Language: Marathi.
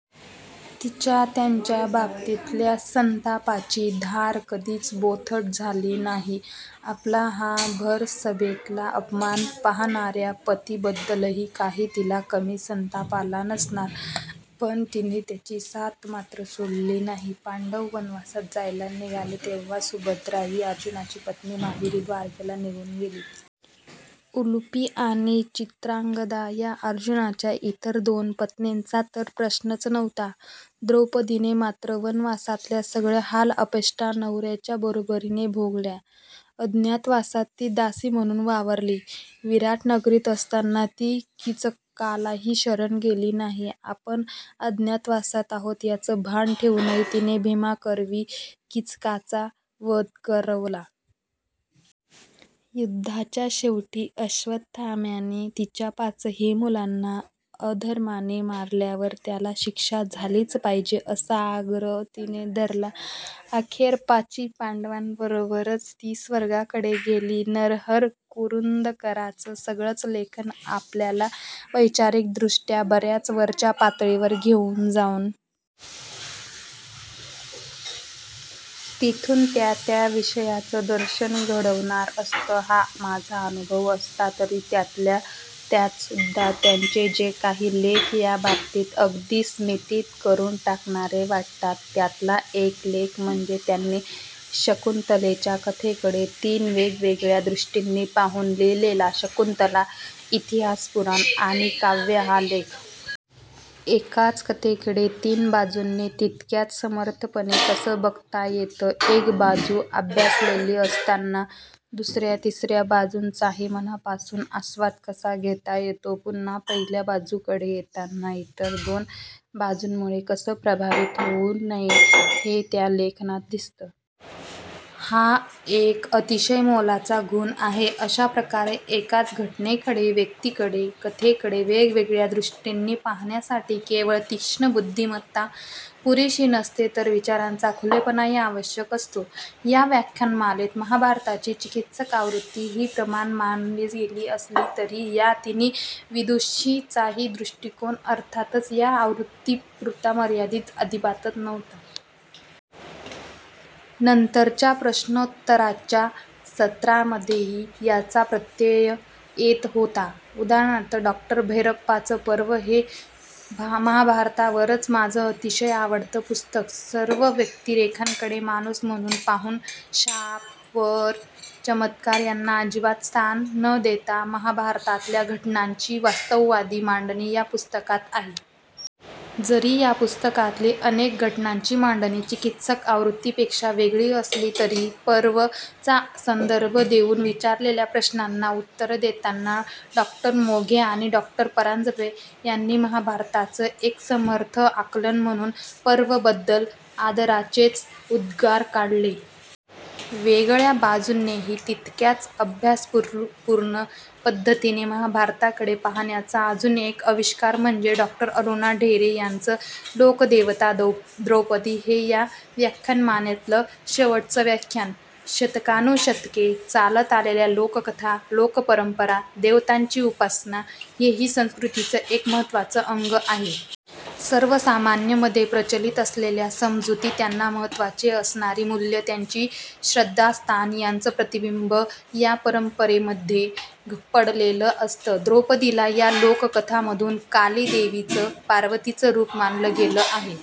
तिच्या त्यांच्या बाबतीतल्या संतापाची धार कधीच बोथट झाली नाही. आपला हा भरसभेतला अपमान पाहणार्या पतींबद्दलही काही तिला कमी संताप आला नसणार, पण तिने त्यांची साथ मात्र सोडली नाही. पांडव वनवासात जायला निघाले, तेव्हा सुभद्रा ही अर्जुनाची पत्नी माहेरी, द्वारकेला निघून गेली. उलूपी आणि चित्रांगदा या अर्जुनाच्या इतर दोन पत्नींचा तर प्रश्नच नव्हता. द्रौपदीने मात्र वनवासातल्या सगळ्या हालअपेष्टा नवर्यांच्या बरोबरीने भोगल्या. अज्ञातवासात ती दासी म्हणून वावरली. विराटनगरीत असताना ती कीचकालाही शरण गेली नाही. आपण अज्ञातवासात आहोत याचं भान ठेवूनही तिने भीमाकरवी कीचकाचा वध करवला. युद्धाच्या शेवटी अश्वत्थाम्याने तिच्या पाचही मुलांना अधर्माने मारल्यावर त्याला शिक्षा झालीच पाहिजे, असा आग्रह तिने धरला. अखेर पाची पांडवांबरोबरच ती स्वर्गाकडे गेली. नरहर कुरुंदकरांचं सगळंच लेखन आपल्याला वैचारिकदृष्ट्या बर्याच वरच्या पातळीवर घेऊन जाऊन तिथून त्या त्या विषयाचं दर्शन घडवणारं असतं हा माझा अनुभव असला, तरी त्यातल्या त्यातसुद्धा त्यांचे जे काही लेख या बाबतीत अगदी स्तिमित करून टाकणारे वाटतात, त्यातला एक लेख म्हणजे त्यांनी शकुंतलेच्या कथेकडे तीन वेगवेगळ्या दृष्टींनी पाहून लिहिलेला ' शकुंतला: इतिहास, पुराण आणि काव्य' हा लेख. एकाच कथेकडे तीन बाजूंनी तितक्याच समर्थपणे कसं बघता येतं, एक बाजू अभ्यासलेली असताना दुसर्या, तिसर्या बाजूंचाही मनापासून आस्वाद कसा घेता येतो, पुन्हा पहिल्या बाजूकडे येताना इतर दोन बाजूंमुळे कसं प्रभावित होऊ नये, हे त्या लेखनात दिसतं. हा एक अतिशय मोलाचा गुण आहे. अशा प्रकारे एकाच घटनेकडे, व्यक्तीकडे, कथेकडे वेगवेगळ्या दृष्टींनी पाहण्यासाठी केवळ तीक्ष्ण बुद्धिमत्ता पुरेशी नसते, तर विचारांचा खुलेपणाही आवश्यक असतो. या व्याख्यानमालेत महाभारताची चिकित्सक आवृत्ती ही प्रमाण मानली गेली असली, तरी या तिन्ही विदुषींचाही दृष्टिकोन अर्थातच या आवृत्तीपुरता मर्यादित अजिबातच नव्हता. नंतरच्या प्रश्नोत्तरांच्या सत्रांमध्येही याचा प्रत्यय येत होता. उदा. डॉ. भैरप्पांचं 'पर्व' हे महाभारतावरचं माझं अतिशय आवडतं पुस्तक. सर्व व्यक्तिरेखांकडे 'माणूस' म्हणून पाहून, शाप, वर, चमत्कार यांना अजिबात स्थान न देता, महाभारतातल्या घटनांची वास्तववादी मांडणी या पुस्तकात आहे. जरी या पुस्तकातली अनेक घटनांची मांडणी चिकित्सक आवृत्तीपेक्षा वेगळी असली, तरी 'पर्व' चा संदर्भ देऊन विचारलेल्या प्रश्नांना उत्तरं देताना डॉ. मोघे आणि डॉ. परांजपे यांनी महाभारताचं एक समर्थ आकलन म्हणून 'पर्व'बद्दल आदराचेच उद्गार काढले. वेगळ्या बाजूनेही तितक्याच अभ्यासपूर्ण पद्धतीने महाभारताकडे पाहण्याचा अजून एक आविष्कार म्हणजे डॉ. अरुणा ढेरे यांचं 'लोकदेवता द्रौपदी' हे या व्याख्यानमालेतलं शेवटचं व्याख्यान. शतकानुशतके चालत आलेल्या लोककथा, लोकपरंपरा, देवतांची उपासना हेही संस्कृतीचं एक महत्त्वाचं अंग आहे. सर्वसामान्यांमध्ये प्रचलित असलेल्या समजुती, त्यांना महत्त्वाची असणारी मूल्यं, त्यांची श्रद्धास्थानं यांचं प्रतिबिंब या परंपरांमध्ये पडलेलं असतं. द्रौपदीला या लोककथांमधून काली देवीचं, पार्वतीचं रूप मानलं गेलं आहे.